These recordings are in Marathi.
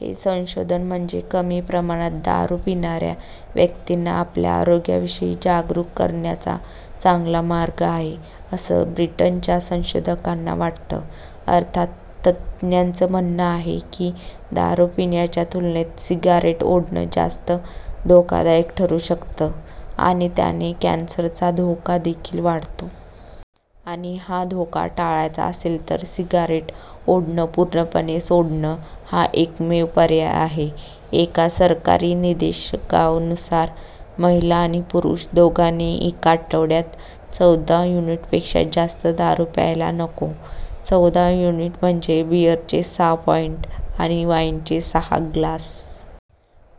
हे संशोधन म्हणजे कमी प्रमाणात दारू पिणाऱ्या व्यक्तींना आपल्या आरोग्याविषयी जागरूक करण्याचा चांगला मार्ग आहे, असं ब्रिटनच्या संशोधकांना वाटतं. अर्थात तज्ज्ञांचं म्हणणं आहे की दारू पिण्याच्या तुलनेत सिगारेट ओढणं जास्त धोकादायक ठरू शकतं आणि त्याने कॅन्सरचा धोकादेखील वाढतो. आणि हा धोका टाळायचा असेल तर सिगारेट ओढणं पूर्णपणे सोडणं, हा एकमेव पर्याय आहे. एका सरकारी निर्देशकानुसार महिला आणि पुरुष दोघांनीही एका आठवड्यात चौदा युनिटपेक्षा जास्त दारू प्यायला नको. चौदा युनिट म्हणजे बीअरचे सहा पाईन्ट आणि वाईनचे सहा ग्लास.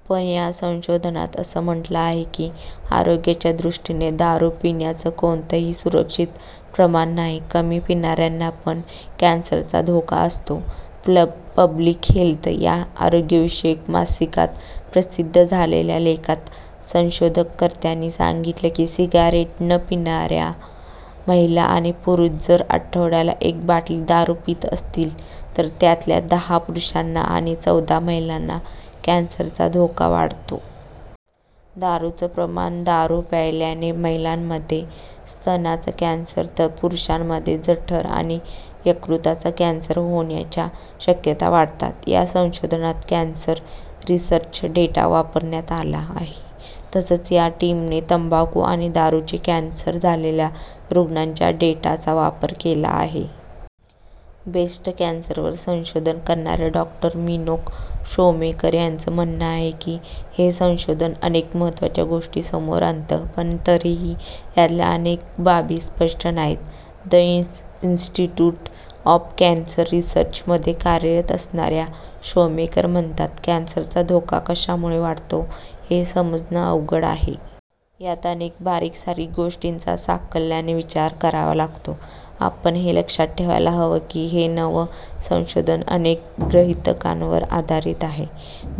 पण या संशोधनात असं म्हटलं आहे की आरोग्याच्या दृष्टीने दारू पिण्याचं कोणतंही सुरक्षित प्रमाण नाही. कमी पिणाऱ्यांना पण कॅन्सरचा धोका असतो. ' पब्लिक हेल्थ' या आरोग्यविषयक मासिकात प्रसिद्ध झालेल्या लेखात संशोधनकर्त्यांनी सांगितलं की सिगारेट न पिणाऱ्या महिला आणि पुरुष जर आठवड्याला एक बाटली दारू पीत असतील तर त्यातल्या दहा पुरुषांना आणि चौदा महिलांना कॅन्सरचा धोका वाढतो. दारूचं प्रमाण दारू प्यायल्याने महिलांमध्ये स्तनाचा कॅन्सर तर पुरुषांमध्ये जठर आणि यकृताचा कॅन्सर होण्याच्या शक्यता वाढतात. या संशोधनात कॅन्सर रिसर्च डेटा वापरण्यात आला आहे. तसंच या टीमने तंबाखू आणि दारूने कॅन्सर झालेल्या रुग्णांच्या डेटाचा वापर केला आहे. ब्रेस्ट कॅन्सरवर संशोधन करणाऱ्या डॉ. मिनोक शोमेकर यांचं म्हणणं आहे की हे संशोधन अनेक महत्त्वाच्या गोष्टी समोर आणतं. पण तरीही यातल्या अनेक बाबी स्पष्ट नाहीत. 'द इंस्टिस्ट्यूट ऑफ कॅन्सर रिसर्च'मध्ये कार्यरत असणाऱ्या शोमेकर म्हणतात कॅन्सरचा धोका कशामुळे वाढतो हे समजणं अवघड आहे. यात अनेक बारीकसारीक गोष्टींचा साकल्याने विचार करावा लागतो. आपण हे लक्षात ठेवायला हवं की हे नवं संशोधन अनेक गृहितकांवर आधारित आहे.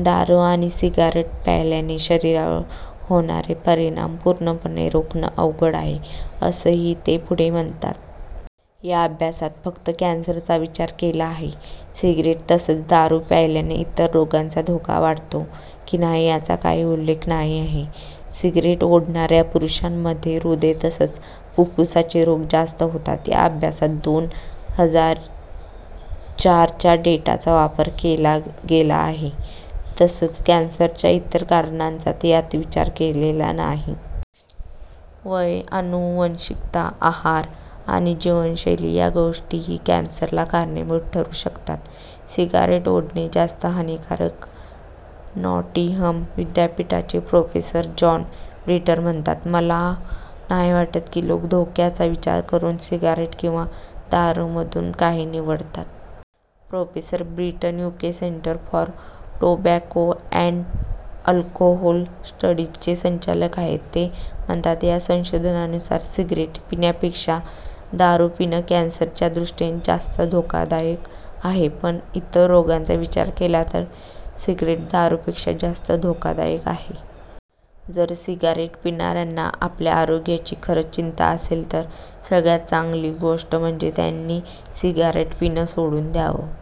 दारू आणि सिगारेट प्यायल्याने शरीरावर होणारे परिणाम पूर्णपणे रोखणं अवघड आहे, असंही ते पुढे म्हणतात. या अभ्यासात फक्त कॅन्सरचा विचार केला आहे. सिगरेट तसंच दारू प्यायल्याने इतर रोगांचा धोका वाढतो की नाही याचा काही उल्लेख नाही आहे. सिगरेट ओढणाऱ्या पुरुषांमध्ये हृदय तसंच फुफ्फुसाचे रोग जास्त होतात. या अभ्यासात दोन हजार चार च्या डेटाचा वापर केला गेला आहे तसंच कॅन्सरच्या इतर कारणांचा यात विचार केलेला नाही. वय, आनुवांशिकता, आहार आणि जीवनशैली या गोष्टीही कॅन्सरला कारणीभूत ठरू शकतात. सिगारेट ओढणं जास्त हानिकारक नॉटिंहम विद्यापीठाचे प्रोफेसर जॉन ब्रिटन म्हणतात मला नाही वाटत की लोक धोक्याचा विचार करून सिगारेट किंवा दारूमधून काही निवडतात. Professor Britton UK centre for tobacco and alcohol स्टडीजचे संचालक आहेत. ते म्हणतात या संशोधनानुसार सिगरेट पिण्यापेक्षा दारू पिणं कॅन्सरच्या दृष्टीने जास्त धोकादायक आहे, पण इतर रोगांचा विचार केला तर सिगरेट दारूपेक्षा जास्त धोकादायक आहे. जर सिगारेट पिणाऱ्यांना आपल्या आरोग्याची खरंच चिंता असेल तर सगळ्यात चांगली गोष्ट म्हणजे त्यांनी सिगरेट पिणं सोडून द्यावं.